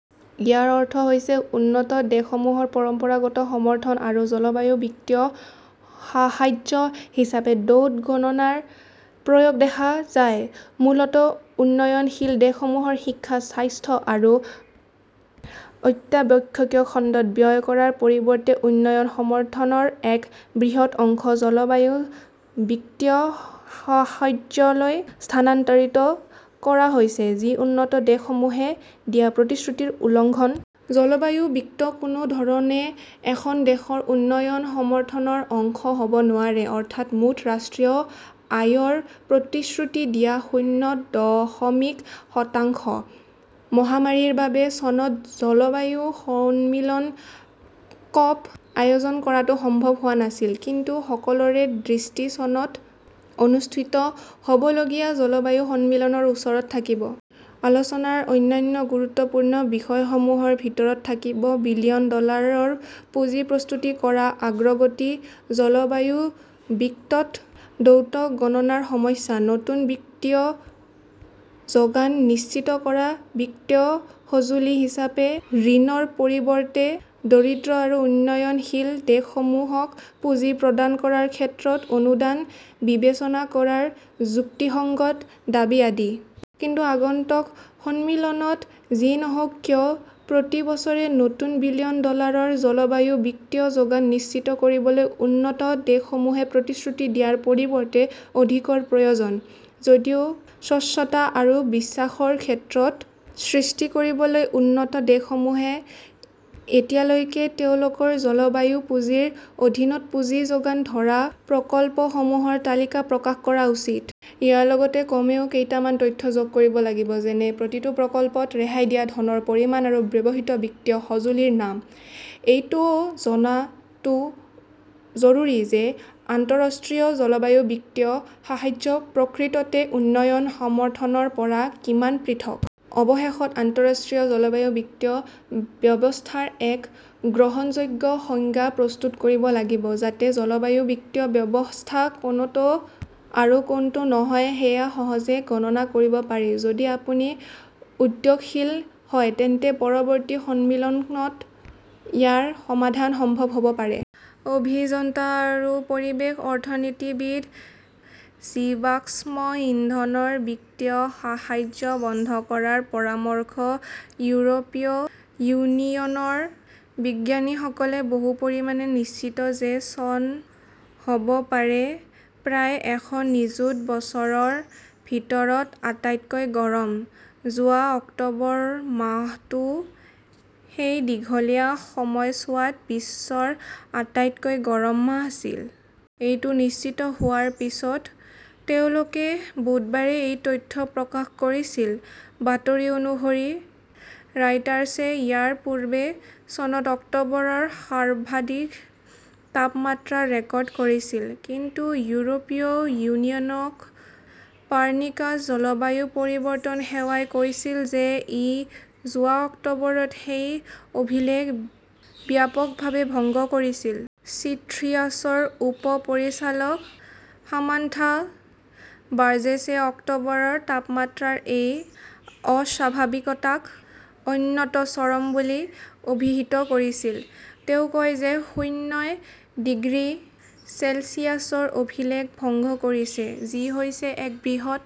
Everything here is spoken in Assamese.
ইয়াৰ অৰ্থ হৈছে উন্নত দেশসমূহৰ পৰম্পৰাগত সমৰ্থন আৰু জলবায়ু বিত্তীয় সাহায্য হিচাপে দ্বৈত গণনাৰ প্ৰয়োগ দেখা যায়। মূলতঃ, উন্নয়নশীল দেশসমূহত শিক্ষা, স্বাস্থ্য আৰু অত্যাৱশ্যকীয় খণ্ডত ব্যয় কৰাৰ পৰিৱৰ্তে উন্নয়ন সমৰ্থনৰ এক বৃহৎ অংশ জলবায়ু বিত্তীয় সাহায্যলৈ স্থানান্তৰিত কৰা হৈছে, যি উন্নত দেশসমূহে দিয়া প্ৰতিশ্ৰুতিৰ উলংঘন। জলবায়ু বিত্ত কোনো ধৰণে এখন দেশৰ উন্নয়ন সমৰ্থনৰ অংশ হ "ব নোৱাৰে, অৰ্থাৎ মুঠ ৰাষ্ট্ৰীয় আয়ৰ প্ৰতিশ্ৰুতি দিয়া শূন্য দশমিক শতাংশ। মহামাৰীৰ বাবে চনত জলবায়ু সন্মিলন কপ- আয়োজন কৰাটো সম্ভৱ হোৱা নাছিল। কিন্তু সকলোৰে দৃষ্টি চনত অনুষ্ঠিত হ "বলগীয়া জলবায়ু সন্মিলনৰ ওপৰত থাকিব। আলোচনাৰ অন্যান্য গুৰুত্বপূৰ্ণ বিষয়সমূহৰ ভিতৰত থাকিব বিলিয়ন ডলাৰৰ পুঁজি প্ৰস্তুত কৰাৰ অগ্ৰগতি, জলবায়ু বিত্তত দ্বৈত গণনাৰ সমস্যা, নতুন বিত্তীয় যোগান নিশ্চিত কৰা, বিত্তীয় সঁজুলি হিচাপে ঋণৰ পৰিৱৰ্তে দৰিদ্ৰ আৰু উন্নয়নশীল দেশসমূহক পুঁজি প্ৰদান কৰাৰ ক্ষেত্ৰত 'অনুদান "বিবেচনা কৰাৰ যুক্তিসঙ্গত দাবী আদি। কিন্তু আগন্তুক সন্মিলনত যি নহওক কিয়, প্ৰতি বছৰে নতুন বিলিয়ন ডলাৰৰ জলবায়ু বিত্তীয় যোগান নিশ্চিত কৰিবলৈ উন্নত দেশসমূহে প্ৰতিশ্ৰুতি দিয়াৰ পৰিৱৰ্তে অধিকৰ প্ৰয়োজন। যদিও স্বচ্ছতা আৰু বিশ্বাসৰ ক্ষেত্ৰ সৃষ্টি কৰিবলৈ উন্নত দেশসমূহে এতিয়ালৈকে তেওঁলোকৰ জলবায়ু পুঁজিৰ অধীনত পুঁজি যোগান ধৰা প্ৰকল্পসমূহৰ তালিকা প্ৰকাশ কৰা উচিত। ইয়াৰ লগত কমেও কেইটামান তথ্য যোগ কৰিব লাগিব। যেনে প্ৰতিটো প্ৰকল্পত ৰেহাই দিয়া ধনৰ পৰিমাণ আৰু ব্যৱহৃত বিত্তীয় সঁজুলিৰ নাম। এইটোও জনাটো জৰুৰী যে আন্তঃৰাষ্ট্ৰীয় জলবায়ু বিত্তীয় সাহায্য প্ৰকৃততে উন্নয়ন সমৰ্থনৰ পৰা কিমান পৃথক। অৱশেষত, আন্তঃৰাষ্ট্ৰীয় জলবায়ু বিত্তীয় ব্যৱস্থাৰ এক গ্ৰহণযোগ্য সংজ্ঞা প্ৰস্তুত কৰিব লাগিব, যাতে জলবায়ু বিত্তীয় ব্যৱস্থা কোনটো আৰু কোনটো নহয় সেয়া সহজে গণনা কৰিব পাৰি। যদি আপুনি উদ্যোগশীল হয় তেন্তে পৰৱৰ্তী সন্মিলনত ইয়াৰ সমাধান সম্ভৱ হ 'ব পাৰে। অভিযন্তা আৰু পৰিৱেশ অৰ্থনীতিবিদ। জীৱাশ্ম ইন্ধনৰ বিত্তীয় সাহায্য বন্ধ কৰাৰ পৰামৰ্শ ইউৰোপীয় ইউনিয়নৰ বিজ্ঞানীসকলে বহু পৰিমাণে নিশ্চিত যে চন হ 'ব পাৰে প্ৰায় এশ নিযুত বছৰৰ ভিতৰত আটাইতকৈ গৰম। যোৱা অক্টোবৰ মাহটো সেই দীঘলীয়া সময়ছোৱাত বিশ্বৰ আটাইতকৈ গৰম মাহ আছিল। এইটো নিশ্চিত হোৱাৰ পিছত তেওঁলোকে বুধবাৰে এই তথ্য প্ৰকাশ কৰিছিল। বাতৰি অনুসৰি, ৰয়টাৰ্ছে ইয়াৰ পূৰ্বে চনত অক্টোবৰৰ সৰ্বাধিক তাপমাত্ৰা ৰেকৰ্ড কৰিছিল। কিন্তু ইউৰোপীয় ইউনিয়নৰ ক 'পাৰ্নিকাছ জলবায়ু পৰিৱৰ্তন সেৱাই কৈছিল যে ই যোৱা অক্টোবৰত সেই অভিলেখ ব্যাপকভাৱে ভংগ কৰিছিল। ছিথ্ৰিয়াছৰ উপ-পৰিচালক সামান্থা বাৰ্জেছে অক্টোবৰৰ তাপমাত্ৰাৰ এই অস্বাভাৱিকতাক 'অত্যন্ত চৰম "বুলি অভিহিত কৰিছে। তেওঁ কয় যে শূন্যই ডিগ্ৰী চেলছিয়াছৰ অভিলেখ ভংগ কৰিছে, যি হৈছে এক বৃহৎ